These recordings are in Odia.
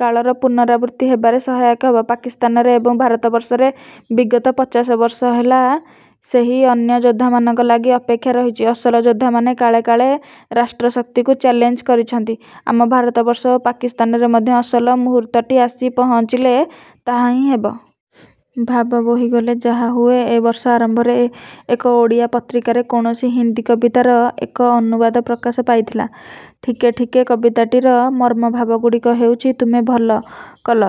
କାଳର ପୁନରାବୃତ୍ତି ହେବାରେ ସହାୟକ ହେବ। ପାକିସ୍ତାନରେ ଏବଂ ଭାରତବର୍ଷରେ ବିଗତ ପଚାଶବର୍ଷ ହେଲା ସେହି ଅନ୍ୟ ଯୋଦ୍ଧାମାନଙ୍କ ଲାଗି ଅପେକ୍ଷା ରହିଛି। ଅସଲ ଯୋଦ୍ଧାମାନେ କାଳେ କାଳେ ରାଷ୍ଟ୍ରଶକ୍ତିକୁ ଚ୍ୟାଲେଞ୍ଜ କରିଛନ୍ତି। ଆମ ଭାରତବର୍ଷ ଓ ପାକିସ୍ତାନରେ ମଧ୍ୟ ଅସଲ ମୁହୂର୍ତ୍ତଟି ଆସି ପହଞ୍ଚିଲେ ତାହାହିଁ ହେବ। ଭାବ ବୋହିଗଲେ ଯାହା ହୁଏ ଏବର୍ଷ ଆରମ୍ଭରେ ଏକ ଓଡ଼ିଆ ପତ୍ରିକାରେ କୌଣସି ହିନ୍ଦି କବିତାର ଏକ ଅନୁବାଦ ପ୍ରକାଶ ପାଇଥିଲା। ଠିକେ ଠିକେ କବିତାଟିର ମର୍ମଭାବଗୁଡ଼ିକ ହେଉଛି ତୁମେ ଭଲ କଲ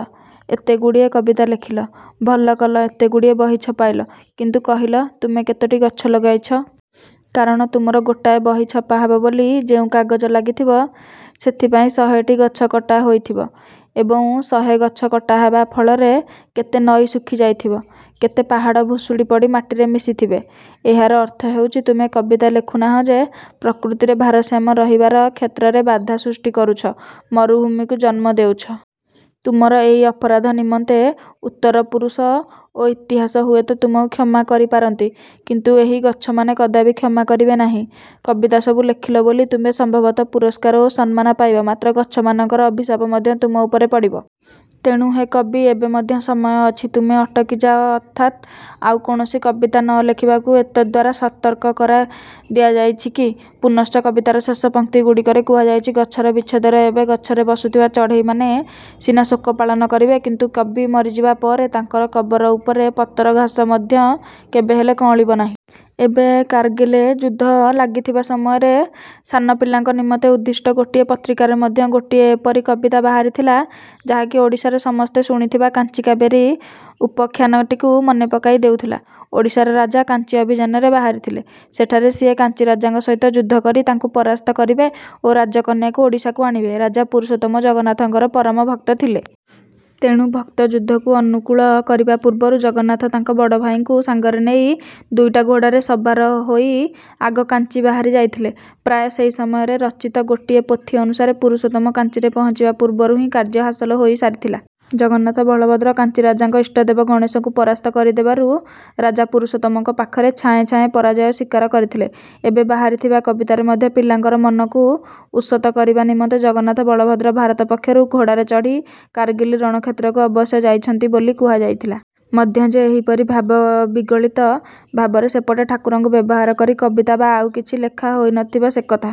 ଏତେଗୁଡ଼ିଏ କବିତା ଲେଖିଲ, ଭଲ କଲ ଏତେଗୁଡ଼ିଏ ବହି ଛପାଇଲ। କିନ୍ତୁ କହିଲ ତୁମେ କେତୋଟି ଗଛ ଲଗାଇଛ। କାରଣ ତୁମର ଗୋଟାଏ ବହି ଛପାହେବ ବୋଲି ଯେଉଁ କାଗଜ ଲାଗିଥିବ ସେଥିପାଇଁ ଶହେଟି ଗଛ କଟାହୋଇ ଥିବ। ଏବଂ ଶହେ ଗଛ କଟା ହେବା ଫଳରେ କେତେ ନଈ ଶୁଖି ଯାଇଥିବ, କେତେ ପାହାଡ଼ ଭୁଷୁଡ଼ି ପଡ଼ି ମାଟିରେ ମିଶିଥିବେ। ଏହାର ଅର୍ଥ ହେଉଛି ତୁମେ କବିତା ଲେଖୁନାହଁ ଯେ ପ୍ରକୃତିରେ ଭାରସାମ୍ୟ ରହିବାର କ୍ଷେତ୍ରରେ ବାଧା ସୃଷ୍ଟି କରୁଛ, ମରୁଭୂମିକୁ ଜନ୍ମ ଦେଉଛ। ତୁମର ଏହି ଅପରାଧ ନିମନ୍ତେ ଉତ୍ତର ପୁରୁଷ ଓ ଇତିହାସ ହୁଏତ ତୁମକୁ କ୍ଷମା କରିପାରନ୍ତି। କିନ୍ତୁ ଏହି ଗଛମାନେ କଦାପି କ୍ଷମା କରିବେ ନାହିଁ। କବିତା ସବୁ ଲେଖିଲ ବୋଲି ତୁମେ ସମ୍ଭବତଃ ପୁରସ୍କାର ଓ ସମ୍ମାନ ପାଇବ ମାତ୍ର ଗଛମାନଙ୍କର ଅଭିଶାପ ମଧ୍ୟ ତୁମ ଉପରେ ପଡ଼ିବ। ତେଣୁ ହେ କବି ଏବେ ମଧ୍ୟ ସମୟ ଅଛି ତୁମେ ଅଟକିଯାଅ ଅର୍ଥାତ୍ ଆଉ କୌଣସି କବିତା ନ ଲେଖିବାକୁ ଏତଦ୍ଦ୍ୱାରା ସତର୍କ କରା ଦିଆଯାଇଛି କି? ପୁନଶ୍ଚ କବିତାର ଶେଷ ପଂକ୍ତି ଗୁଡ଼ିକରେ କୁହାଯାଇଛି ଗଛର ବିଚ୍ଛେଦରେ ଏବେ ଗଛରେ ବସୁଥିବା ଚଢ଼େଇମାନେ ସିନା ଶୋକ ପାଳନ କରିବେ କିନ୍ତୁ କବି ମରିଯିବା ପରେ ତାଙ୍କର କବର ଉପରେ ପତର ଘାସ ମଧ୍ୟ କେବେହେଲେ କଅଁଳିବ ନାହିଁ। ଏବେ କାରଗିଲ୍ରେ ଯୁଦ୍ଧ ଲାଗିଥିବା ସମୟରେ ସାନ ପିଲାଙ୍କ ନିମନ୍ତେ ଉଦ୍ଦିଷ୍ଟ ଗୋଟିଏ ପତ୍ରିକାରେ ମଧ୍ୟ ଗୋଟିଏ ଏପରି କବିତା ବାହାରିଥିଲା ଯାହାକି ଓଡ଼ିଶାର ସମସ୍ତେ ଶୁଣିଥିବା କାଞ୍ଚି କାବେରୀ ଉପାଖ୍ୟାନଟିକୁ ମନେପକାଇ ଦେଉଥିଲା। ଓଡ଼ିଶାର ରାଜା କାଞ୍ଚି ଅଭିଯାନରେ ବାହାରିଥିଲେ। ସେଠାରେ ସିଏ କାଞ୍ଚି ରାଜାଙ୍କ ସହିତ ଯୁଦ୍ଧ କରି ତାଙ୍କୁ ପରାସ୍ତ କରିବେ ଓ ରାଜକନ୍ୟାକୁ ଓଡ଼ିଶାକୁ ଆଣିବେ। ରାଜା ପୁରୁଷୋତ୍ତମ ଜଗନ୍ନାଥଙ୍କର ପରମ ଭକ୍ତ ଥିଲେ। ତେଣୁ ଭକ୍ତ ଯୁଦ୍ଧକୁ ଅନୁକୂଳ କରିବା ପୂର୍ବରୁ ଜଗନ୍ନାଥ ତାଙ୍କ ବଡ଼ଭାଇଙ୍କୁ ସାଙ୍ଗରେ ନେଇ ଦୁଇଟା ଘୋଡ଼ାରେ ସବାର ହୋଇ ଆଗ କାଞ୍ଚି ବାହାରି ଯାଇଥିଲେ। ପ୍ରାୟ ସେହି ସମୟରେ ରଚିତ ଗୋଟିଏ ପୋଥି ଅନୁସାରେ ପୁରୁଷୋତ୍ତମ କାଞ୍ଚିରେ ପହଞ୍ଚିବା ପୂର୍ବରୁ ହିଁ କାର୍ଯ୍ୟ ହାସଲ ହୋଇ ସାରିଥିଲା। ଜଗନ୍ନାଥ ବଳଭଦ୍ର କାଞ୍ଚିରାଜାଙ୍କ ଇଷ୍ଟଦେବ ଗଣେଶଙ୍କୁ ପରାସ୍ତ କରିଦେବାରୁ ରାଜା ପୁରୁଷୋତ୍ତମଙ୍କ ପାଖରେ ଛାଏଁ ଛାଏଁ ପରାଜୟ ସ୍ୱୀକାର କରିଥିଲେ। ଏବେ ବାହାରିଥିବା କବିତାରେ ମଧ୍ୟ ପିଲାଙ୍କର ମନକୁ ଉଷତ କରିବା ନିମନ୍ତେ ଜଗନ୍ନାଥ ବଳଭଦ୍ର ଭାରତ ପକ୍ଷରୁ ଘୋଡ଼ାରେ ଚଢ଼ି କାରଗିଲ୍ ରଣକ୍ଷେତ୍ରକୁ ଅବଶ୍ୟ ଯାଇଛନ୍ତି ବୋଲି କୁହାଯାଇଥିଲା। ମଧ୍ୟ ଯେ ଏହିପରି ଭାବବିଗଳିତ ଭାବରେ ସେପଟ ଠାକୁରଙ୍କୁ ବ୍ୟବହାର କରି କବିତା ବା ଆଉ କିଛି ଲେଖା ହୋଇନଥିବ ସେକଥା